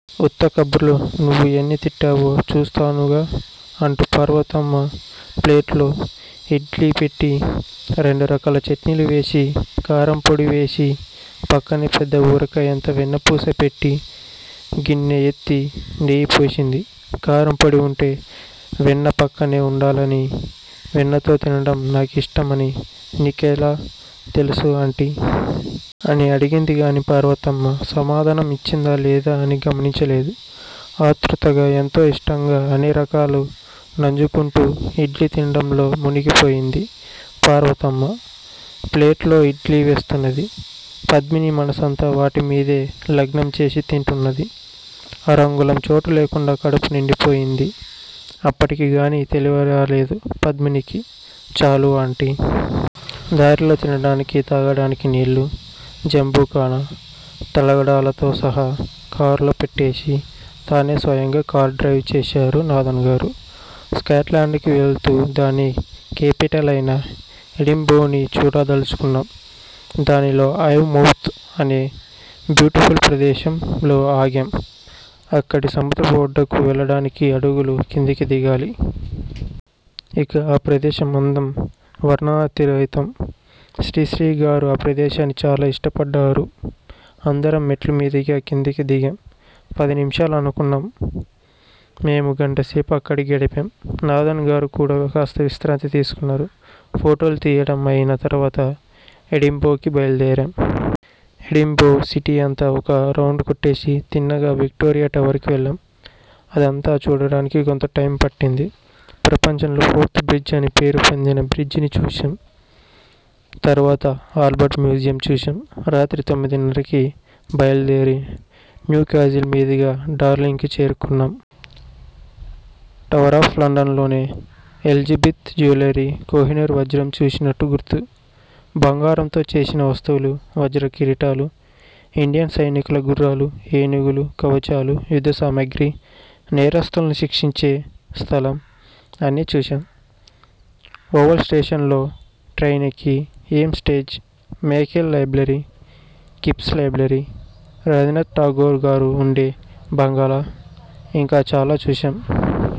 ఉత్త కబుర్లు నువ్వు ఎన్ని తింటావో చూస్తానుగా అంటూ పార్వతమ్మ ప్లేటులో ఇడ్లీ పెట్టి రెండు రకాల చట్నీలు వేసి కారంపొడి వేసి పక్కనే పెద్ద ఉసిరికాయంత వెన్నపూస పెట్టి గిన్నె ఎత్తి నెయ్యి పోసింది. కారంపొడి వుంటే వెన్న పక్కనే వుండాలని వెన్నతో తినటం నాకిష్టం అని నీకెలా తెలుసు ఆంటీ! అని అడిగిందిగాని పార్వతమ్మ సమాధానం యిచ్చిందా లేదా అని గమనించలేదు. ఆతృతగ ఎంతో యిష్టంగా అన్నిరకాలు నంజుకుంటూ ఇడ్లీ తినటంలో మునిగిపోయింది. పార్వతమ్మ ప్లేటులో ఇడ్లీ వేస్తున్నది. పద్మిని మనసంతా వాటిమీదే లగ్నంచేసి తింటున్నది. అరంగుళం చోటులేకుండా కడుపు నిండిపోయింది. అప్పటికిగాని తెలివిరాలేదు పద్మినికి. చాలు ఆంటీ! దారిలో తినటానికి, తాగటానికి నీళ్ళూ, జెంబుకానా, తలగడాలతో సహా కారులో పెట్టేసి, తానే స్వయంగా కారు డ్రైవ్ చేశారు నాదన్ గారు. స్కాట్ లాండ్ కి వెళుతూ దాని కేపిటల్ అయిన ఎడింబోని చూడదలచుకున్నాం. దానిలో 'ఐ మౌత్' అనే బ్యూటిఫుల్ ప్రదేశంలో ఆగాం. అక్కడి సముద్రపు ఒడ్డుకు వెళ్ళటానికి అడుగులు కిందికి దిగాలి. ఇక ఆ ప్రదేశం అందం వర్ణనాతీతం. శ్రీశ్రీగారు ఆ ప్రదేశాన్ని చాలా ఇష్టపడ్డారు. అందరం మెట్లమీదుగా కిందకి దిగాం. పది నిమిషాలు అనుకున్న మేము గంటసేపు అక్కడే గడిపాం. నాదన్ గారు కూడా కాస్త విశ్రాంతి తీసుకున్నారు. ఫోటోలు తియ్యడం అయిన తర్వాత ఎడింబోకి బయలుదేరాం. ఎడింబో సిటీ అంతా ఒక రౌండ్ కొట్టేసి, తిన్నగా విక్టోరియా టవర్ కి వెళ్ళాం. అదంతా చూడడానికి కొంత టైం పట్టింది. ప్రపంచంలో ఫోర్త్ బ్రిడ్జ్ అని పేరు పొందిన బ్రిడ్జ్ ని చూశాం. తర్వాత ఆల్బర్ట్ మ్యూజియం చూశాం. రాత్రి తొమ్మిదిన్నరకి బయల్దేరి న్యూకాజిల్ మీదుగా డార్లింగ్ చేరుకున్నాం. టవరాఫ్ లండన్లోనే ఎలిజిబెత్ జ్యూయలరీ కోహినూరు వజ్రం చూసినట్టు గుర్తు. బంగారంతో చేసిన వస్తువులు, వజ్రకిరీటాలు, ఇండియన్ సైనికుల గుర్రాలూ, ఏనుగులూ, కవచాలూ, యుద్ధసామాగ్రి, నేరస్థుల్ని శిక్షించే స్థలం అన్నీ చూశాం. ఓవల్ స్టేషన్ లో ట్రైనెక్కి హేమ్ స్టేజ్, Michael library, Kips library, Rabindranath Tagore గారు వుండే బంగళా, ఇంకా చాలా చూశాం.